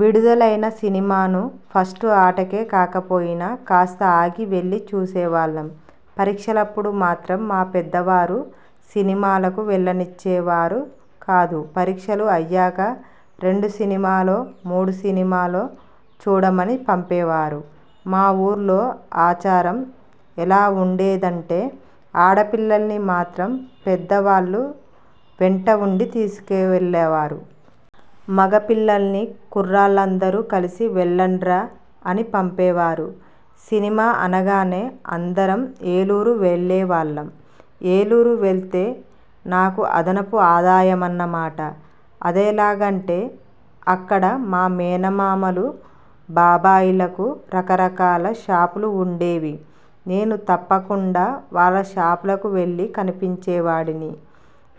విడుదలైన సినిమాను ఫస్ట్ ఆటకే కాకపోయినా, కాస్త ఆగి వెళ్లి చూసేవాళ్లం. పరీక్షలప్పుడు మాత్రం మా పెద్దవారు సినిమాలకు వెళ్లనిచ్చేవారు కాదు. పరీక్షలు అయ్యాక రెండు సినిమాలో, మూడు సినిమాలో చూడమని పంపేవారు. మా ఊర్లో ఆచారం ఎలా ఉండేదంటే, ఆడపిల్లల్ని మాత్రం పెద్దవాళ్లు వెంట ఉండి తీసుకెళ్లేవారు. మగపిల్లన్ని 'కుర్రాళ్లందరూ కలిసి వెళ్లండ్రా' అని పంపేవారు. సినిమా అనగానే అందరం ఏలూరు వెళ్లే వాళ్లం. ఏలూరు వెళ్తే నాకు అదనపు ఆదాయమన్నమాట. అదెలాగంటే అక్కడ మా మేనమామలు, బాబాయిలకు రకరకాల షాపులు ఉండేవి. నేను తప్పకుండా వాళ్ళ షాపులకు వెళ్లి కనిపించేవాడిని.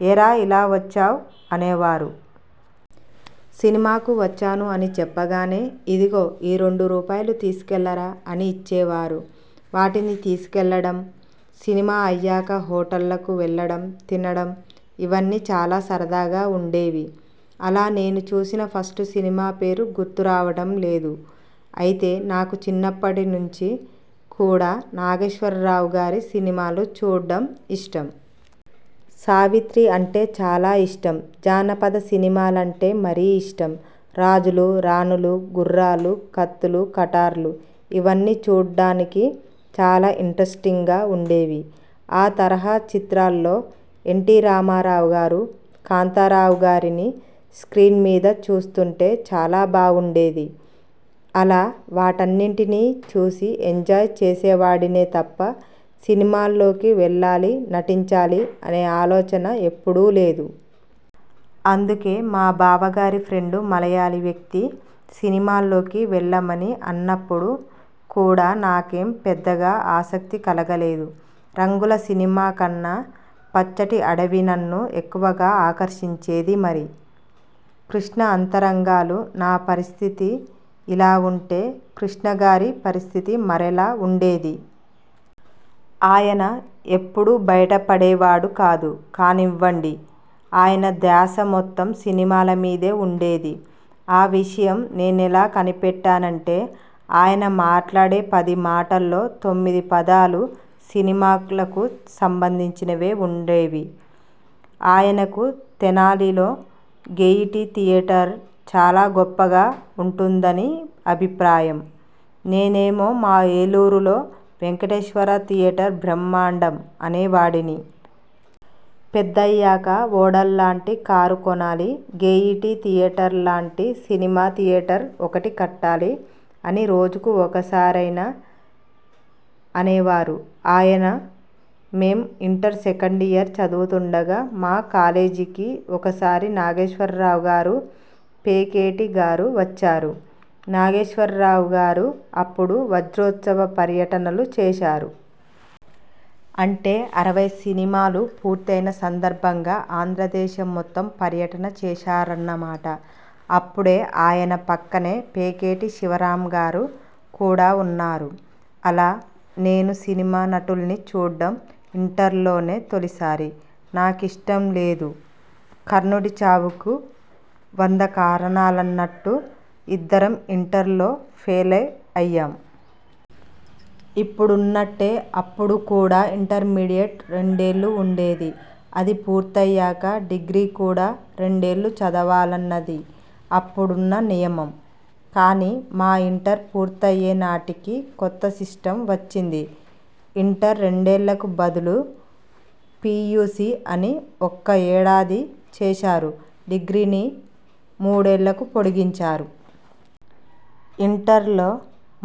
'ఏరా ఇలా వచ్చావ్' అనేవారు. 'సినిమాకు వచ్చాను' అని చెప్పగానే, 'ఇదిగో ఈ రెండు రూపాయలు తీసుకెళ్లరా' అని ఇచ్చేవారు. వాటిని తీసుకెళ్లడం, సినిమా అయ్యాక హోటళ్లకు వెళ్లడం, తినడం ఇవన్నీ చాలా సరదాగా ఉండేవి. అలా నేను చూసిన ఫస్ట్ సినిమా పేరు గుర్తు రావడం లేదు. అయితే నాకు చిన్నప్పటి నుంచి కూడా నాగేశ్వరరావు గారి సినిమాలు చూడ్డం ఇష్టం. సావిత్రి అంటే చాలా ఇష్టం. జానపద సినిమాలంటే మరీ ఇష్టం. రాజులు, రాణులు, గుర్రాలు, కత్తులు, కటార్లు ఇవన్నీ చూడ్డానికి చాలా ఇంట్రస్టింగ్గా ఉండేవి. ఆ తరహా చిత్రాల్లో ఎన్టీ రామారావుగారు, కాంతారావు గారిని స్క్రీన్ మీధ చూస్తుంటే చాలా బావుండేది. అలా వాటన్నిటినీ చూసి ఎంజాయ్ చేసేవాడినే తప్ప, సినిమాల్లోకి వెళ్లాలి, నటించాలి అనే ఆలోచన ఎప్పుడూ లేదు. అందుకే మా బావగారి ఫ్రెండ్ మలయాళీ వ్యక్తి సినిమాల్లోకి వెళ్లమని అన్నప్పుడు కూడా నాకేం పెద్దగా ఆసక్తి కలగలేదు. రంగుల సినిమాకన్నా పచ్చటి అడవి నన్ను ఎక్కువగా ఆకర్షించేది మరి. కృష్ణ అంతరంగాలు! నా పరిస్థితి ఇలా ఉంటే, కృష్ణ గారి పరిస్థితి మరోలా ఉండేది. ఆయన ఎప్పుడూ బయట పడేవాడు కాదు కానివ్వండి ఆయన ధ్యాస మొత్తం సినిమాల మీదే ఉండేది. ఆ విషయం నేనెలా కనిపెట్టానంటే ఆయన మాట్లాడే పదిమాటల్లో తొమ్మిది పదాలు సినిమాలకు సంబంధించినవే ఉండేవి. ఆయనకు తెనాలిలో గెయిటీ థియేటర్ చాలా గొప్పగా ఉంటుందని అభిప్రాయం. నేనేమో 'మా ఏలూరులో వెంకటేశ్వర థియేటర్ బ్రహ్మాండం' అనే వాడిని. 'పెద్దయ్యాక ఓడలాంటి కారు కొనాలి, గెయిటీ థియేటర్లాంటి సినిమా థియేటర్ ఒకటి కట్టాలి' అని రోజుకు ఒక్కసారైనా అనేవారు ఆయన. మేం ఇంటర్ సెకండ్ ఇయర్ చదువుతుండగా మా కాలేజీకి ఒకసారి నాగేశ్వరరావు గారు, పేకేటి గారు వచ్చారు. నాగేశ్వరరావు గారు అప్పుడు 'వజ్రోత్సవ పర్యటనలు' చేశారు. అంటే అరవై సినిమాలు పూర్తయిన సందర్భంగా ఆంధ్రదేశం మొత్తం పర్యటన చేశారన్నమాట అప్పుడే ఆయన పక్కనే పేకేటి శివరామ్గారు కూడా ఉన్నారు. అలా నేను సినిమా నటుల్ని చూడ్డం ఇంటర్లోనే తొలిసారి. నాకిష్టం లేదు కర్ణుడి చావుకు వంద కారణాలన్నట్టు ఇద్దరం ఇంటర్లో ఫెయిల్ అయ్యాం. ఇప్పుడున్నట్టే అప్పుడు కూడా ఇంటర్మీడియెట్ రెండేళ్లు ఉండేది. అది పూర్తయ్యాక డిగ్రీ కూడా రెండేళ్లు చదవాలన్నది అప్పుడున్న నియమం. కానీ మా ఇంటర్ పూర్తయ్యే నాటికి కొత్త సిస్టమ్ వచ్చింది. ఇంటర్ రెండేళ్లకు బదులు పీయూసీ అని ఒక్క ఏడాది చేశారు. డిగ్రీని మూడేళ్లకు పొడిగించారు. ఇంటర్లో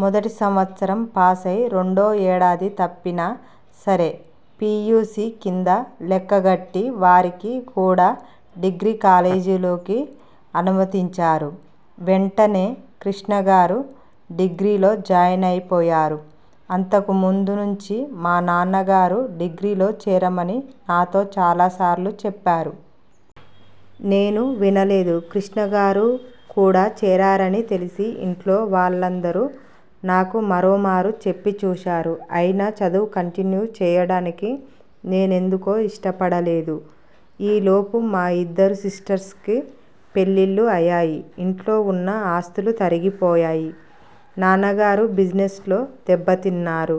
మొదటి సంవత్సరం పాసై, రెండో ఏడాది తప్పినా సరే. పీయూసీ కింద లెక్క గట్టి వారికి కూడా డిగ్రీ కాలేజీల్లోకి అనుమతించారు. వెంటనే కృష్ణ గారు డిగ్రీలో జాయినైపోయారు. అంతకు ముందు నుంచీ మా నాన్నగారు డిగ్రీలో చేరమని నాతో చాలా సార్లు చెప్పారు. నేను వినలేదు. కృష్ణగారు కూడా చేరారని తెలిసి ఇంట్లో వాళ్లందరూ నాకు మరోమారు చెప్పి చూశారు. అయినా చదువు కంటిన్యూ చేయడానికి నేనెందుకో ఇష్టపడలేదు. ఈ లోపు మా ఇద్దరు సిస్టర్స్కి పెళ్లిళ్లు అయ్యాయి. ఇంట్లో ఉన్న ఆస్తులు తరిగిపోయాయి. నాన్నగారు బిజినెస్లో దెబ్బతిన్నారు.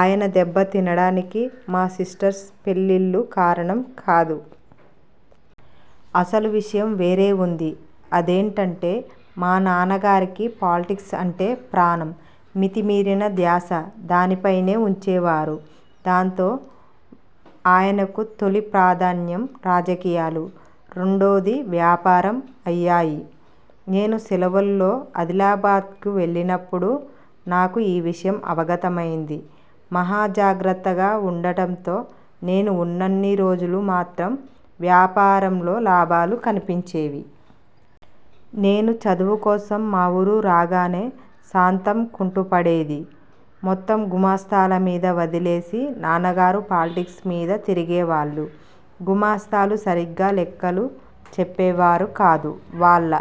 ఆయన దెబ్బ తినడానికి మా సిస్టర్స్ పెళ్ళిళ్ళు కారణం కాదు. అసలు విషయం వేరే ఉంది. అదేంటంటే, మా నాన్నగారికి పాలిటిక్స్ అంటే ప్రాణం. మితి మీరిన ధ్యాస దానిపైనే ఉంచేవారు. దాంతో ఆయనకు తొలి ప్రాధాన్యం రాజకీయాలు. రెండోది వ్యాపారం అయ్యాయి. నేను సెలవుల్లో ఆదిలాబాద్కు వెళ్లినప్పుడు నాకు ఈ విషయం అవగతమైంది. మహాజాగ్రత్తగా ఉండటంతో నేను ఉన్నన్ని రోజులూ మాత్రం వ్యాపారంలో లాభాలు కనిపించేవి. నేను చదువుకోసం మా ఊరు రాగానే సాంతం కుంటుపడేది. మొత్తం గుమస్తాల మీద వదిలేసి నాన్నగారు పాలిటిక్స్మీద తిరిగేవాళ్లు. గుమస్తాలు సరిగా లెక్కలు చెప్పేవారు కాదు. వాళ్ల,